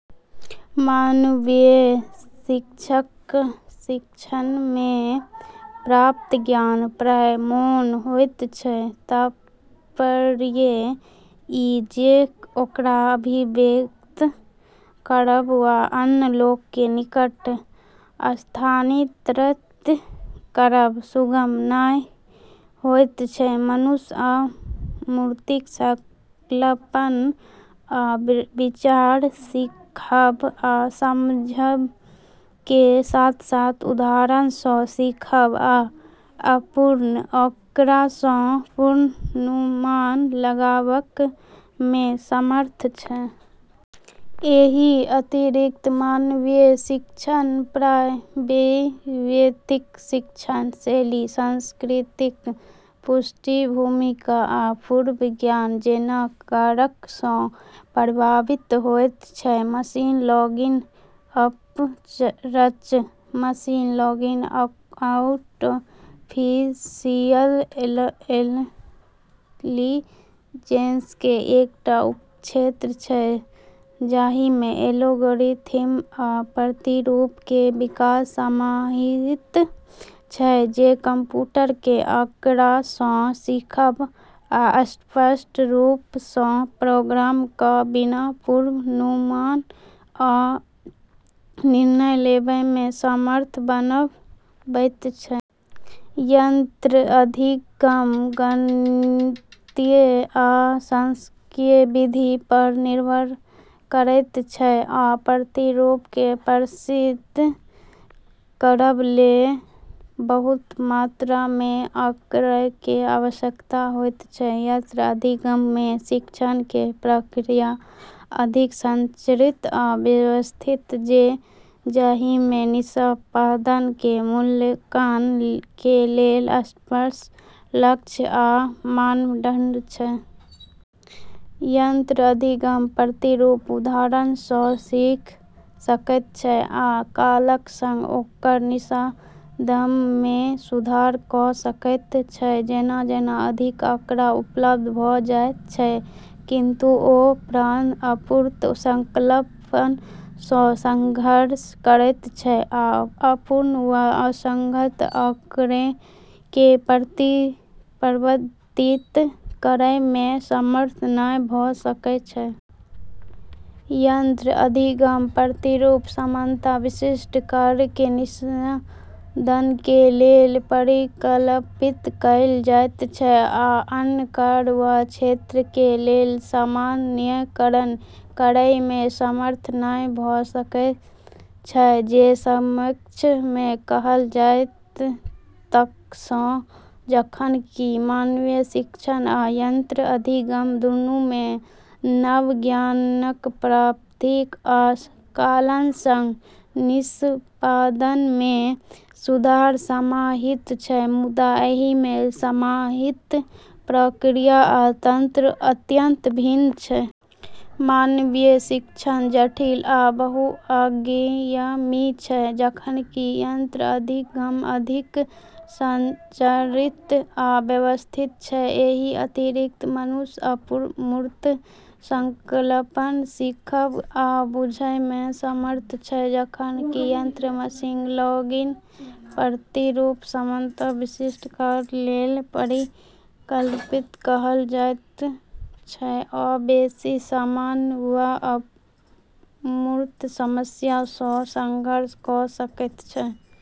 मानवीय शिक्षणमे प्राप्त ज्ञान प्रायः मौन होइत छै, तात्पर्य ई जे ओकरा अभिव्यक्त करब वा अन्य लोक के निकट स्थानांतरित करब सुगम नहि होइत छै। मनुष्य अमूर्त संकल्पना आ विचार सीखब आ समझब के साथ-साथ उदाहरण सँ सीखब आ अपूर्ण आँकड़ा सँ पूर्वानुमान लगाबब में समर्थ छै। एहि अतिरिक्त, मानवीय शिक्षण प्रायः वैयक्तिक शिक्षण शैली, सांस्कृतिक पृष्ठभूमि, आ पूर्व ज्ञान जैना कारक सँ प्रभावित होइत छै। मशीन लर्निंग: अपरंच, मशीन लर्निंग आर्टिफिशियल इंटेलिजेंस के एकटा उपक्षेत्र छै जहि में एल्गोरिथ्म आ प्रतिरूप के विकास समाहित छै जे कंप्यूटर के आँकड़ा सँ सीखब आ स्पष्ट रूप सँ प्रोग्राम क' बिना पूर्वानुमान वा निर्णय लेबयमे समर्थ बनबैत छै। यंत्र अधिगम गणितीय आ सांख्यिकीय विधि पर निर्भर करैत छै आ प्रतिरूप के प्रशिक्षित करब के लेल बृहत मात्रामे आँकड़ाके आवश्यकता होइत छै। यंत्र अधिगम में शिक्षण के प्रक्रिया अधिक संरचित आ व्यवस्थित छै, जाहिमे निष्पादन के मूल्यांकन के लेल स्पष्ट लक्ष्य आ मानदंड छै। यंत्र अधिगम प्रतिरूप उदाहरणसँ सीख सकैत छै आ कालक संग ओकर निष्पादनमे सुधार कऽ सकै छै जेना-जेना अधिक आँकड़ा उपलब्ध भऽ जाइत छै, किंतु ओ प्रायः अमूर्त संकल्पना सँ संघर्ष करैत छै आ अपूर्ण वा असंगत आँकड़ाकेँ प्रबंधित करयमे समर्थ नहि भऽ सकै छै। यंत्र अधिगम प्रतिरूप सामान्यतः विशिष्ट कार्य के निष्पादन के लेल परिकल्पित कएल जाइत छै आ अन्य कार्य वा क्षेत्र के लेल सामान्यीकरण करयमे समर्थ नहि भऽ सकै छै। संक्षेप में कहल जाय तँ जखन कि मानवीय शिक्षण आ यंत्र अधिगम दुनू मे नव ज्ञानक प्राप्ति आ कालक संग निष्पादनमे सुधार समाहित छै, मुदा एहिमे समाहित प्रक्रिया आ तंत्र अत्यंत भिन्न छै। मानवीय शिक्षण जटिल आ बहुआयामी छै, जखन कि यंत्र अधिगम अधिक संरचित आ व्यवस्थित छै। एहि अतिरिक्त, मनुष्य अमूर्त संकल्पना सीखब आ बुझयमे समर्थ छै, जखन कि यंत्र मशीन लर्निंग प्रतिरूप सामान्यतः विशिष्ट कार्य लेल परिकल्पित कएल जाइत छै आ बेशी सामान्य वा अमूर्त समस्यासँ संघर्ष कऽ सकैत छै।